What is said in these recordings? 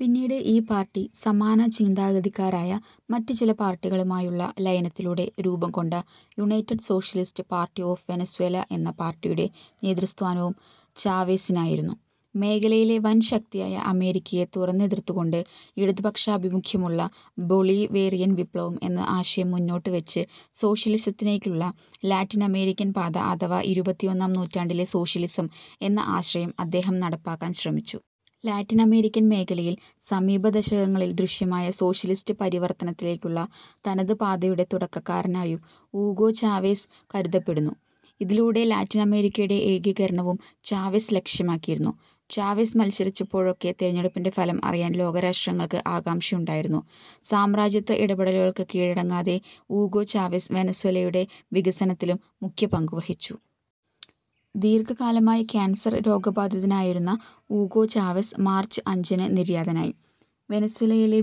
പിന്നീട് ഈ പാർട്ടി സമാനചിന്താഗതിക്കാരായ മറ്റ് ചില പാർട്ടികളുമായുള്ള ലയനത്തിലൂടെ രൂപംകൊണ്ട united socialist party of Venezuela എന്ന പാർട്ടിയുടെ നേതൃസ്ഥാനവും ചാവെസിനായിരുന്നു. മേഖലയിലെ വൻശക്തിയായ അമേരിക്കയെ തുറന്നെതിർത്തുകൊണ്ട്, ഇടതുപക്ഷാഭിമുഖ്യമുള്ള ബൊളിവേറിയൻ വിപ്ലവം എന്ന ആശയം മുന്നോട്ടുവെച്ച് സോഷ്യലിസത്തിലേക്കുള്ള ലാറ്റിനമേരിക്കൻ പാത അഥവാ ഇരുപത്തിയൊന്നാം നൂറ്റാണ്ടിലെ സോഷ്യലിസം എന്ന ആശയവും അദ്ദേഹം നടപ്പാക്കാൻ ശ്രമിച്ചു. ലാറ്റിൻ അമേരിക്കൻ മേഖലയിൽ സമീപദശകങ്ങളിൽ ദൃശ്യമായ സോഷ്യലിസ്റ്റ് പരിവർത്തനത്തിലേക്കുള്ള തനത് പാതയുടെ തുടക്കക്കാരാനായും ഊഗോ ചാവെസ് കരുതപ്പെടുന്നു. ഇതിലൂടെ ലാറ്റിനമേരിക്കയുടെ ഏകീകരണവും ചാവെസ് ലക്ഷ്യമാക്കിയിരുന്നു. ചാവെസ് മത്സരിച്ചപ്പോഴൊക്കെ തിരഞ്ഞെടുപ്പിന്റെ ഫലം അറിയാൻ ലോകരാഷ്ട്രങ്ങൾക്ക് ആകാംക്ഷയുണ്ടായിരുന്നു. സാമ്രാജ്യത്വ ഇടപെടലുകൾക്ക് കീഴടങ്ങാതെ ഊഗോ ചാവെസ് വെനസ്വെലയുടെ വികസനത്തിലും മുഖ്യപങ്കുവഹിച്ചു. ദീർഘകാലമായി ക്യാൻസർ രോഗബാധിതനായിരുന്ന ഊഗോ ചാവെസ് മാർച്ച് അഞ്ചിന് നിര്യാതനായി. വെനസ്വേലയിലെ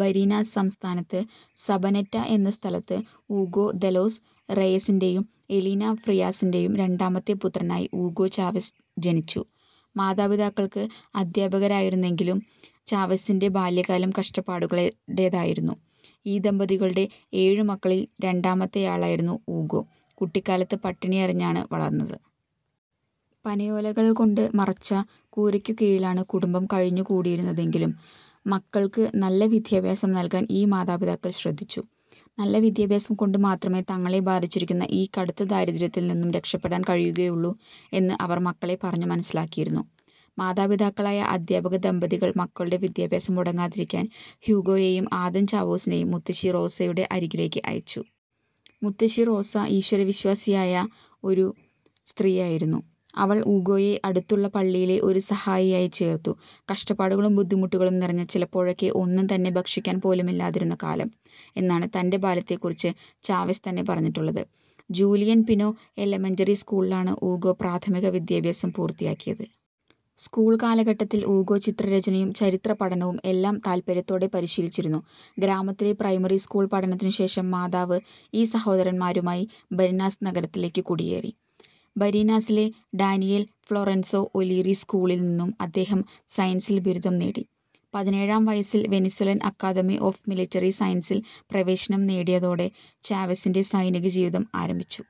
ബരീനാസ് സംസ്ഥാനത്ത് സബനെറ്റ എന്ന സ്ഥലത്ത് ഊഗോ ദെലോസ് റെയസിന്റെയും എലീന ഫ്രിയാസിന്റെയും രണ്ടാമത്തെ പുത്രനായി ഊഗോ ചാവെസ് ജനിച്ചു. മാതാപിതാക്കൾ അദ്ധ്യാപകരായിരുന്നെങ്കിലും ചാവെസിന്റെ ബാല്യകാലം കഷ്ടപ്പാടുകളുടേതായിരുന്നു. ഈ ദമ്പതികളുടെ ഏഴുമക്കളിൽ രണ്ടാമത്തെയാളായിരുന്ന ഊഗോ കുട്ടിക്കാലത്ത് പട്ടിണിയറിഞ്ഞാണ് വളർന്നത്. പനയോലകൾക്കൊണ്ട് മറച്ച കൂരയ്ക്കു കീഴിലാണ് കുടുംബം കഴിഞ്ഞുകൂടിയിരുന്നതെങ്കിലും മക്കൾക്ക് നല്ല വിദ്യാഭ്യാസം നൽകാൻ ഈ മാതാപിതാക്കൾ ശ്രദ്ധിച്ചു. നല്ല വിദ്യാഭ്യാസം കൊണ്ടു മാത്രമേ തങ്ങളെ ബാധിച്ചിരിക്കുന്ന ഈ കടുത്ത ദാരിദ്ര്യത്തിൽ നിന്നും രക്ഷപ്പെടാൻ കഴിയുകയുള്ളു എന്നു അവർ മക്കളെ പറഞ്ഞു മനസ്സിലാക്കിയിരുന്നു. മാതാപിതാക്കളായ അധ്യാപക ദമ്പതികൾ മക്കളുടെ വിദ്യാഭ്യാസം മുടങ്ങാതിരിക്കാൻ ഹ്യൂഗോയേയും ആദൻ ചാവേസിനേയും മുത്തശ്ശി റോസയുടെ അരികിലേക്ക് അയച്ചു. മുത്തശ്ശി റോസ ഈശ്വവിശ്വാസിയായ ഒരു സ്ത്രീയായിരുന്നു. അവൾ ഊഗോയെ അടുത്തുള്ള പള്ളിയിലെ ഒരു സഹായിയായി ചേർത്തു. കഷ്ടപ്പാടുകളും, ബുദ്ധിമുട്ടുകളും നിറഞ്ഞ, ചിലപ്പോഴൊക്കെ ഒന്നും തന്നെ ഭക്ഷിക്കാൻ പോലുമില്ലാതിരുന്ന കാലം എന്നാണ് തന്റെ ബാല്യത്തെക്കുറിച്ച് ചാവെസ് തന്നെ പറഞ്ഞിട്ടുള്ളത്. ജൂലിയൻ പിനോ എലമെന്ററി സ്കൂളിലാണ് ഊഗോ പ്രാഥമിക വിദ്യാഭ്യാസം പൂർത്തിയാക്കിയത്. സ്കൂൾ കാലഘട്ടത്തിൽ ഊഗോ ചിത്രരചനയും ചരിത്രപഠനവും എല്ലാം താല്പര്യത്തോടെ പരിശീലിച്ചിരുന്നു. ഗ്രാമത്തിലെ പ്രൈമറി സ്കൂൾ പഠനത്തിനു ശേഷം മാതാവ് ഈ സഹോദരൻമാരുമായി ബാരിനാസ് നഗരത്തിലേക്കു കുടിയേറി. ബരീനാസിലെ ഡാനിയേൽ ഫ്ലൊറൻസോ ഒലീറി സ്ക്കൂളിൽ നിന്നും അദ്ദേഹം സയൻസിൽ ബിരുദം നേടി. പതിനേഴാം വയസിൽ വെനിസ്വെലൻ അക്കാദമി ഓഫ് മിലിട്ടറി സയൻസസിൽ പ്രവേശനം നേടിയതോടെ ചാവെസിന്റെ സൈനിക ജീവിതം ആരംഭിച്ചു.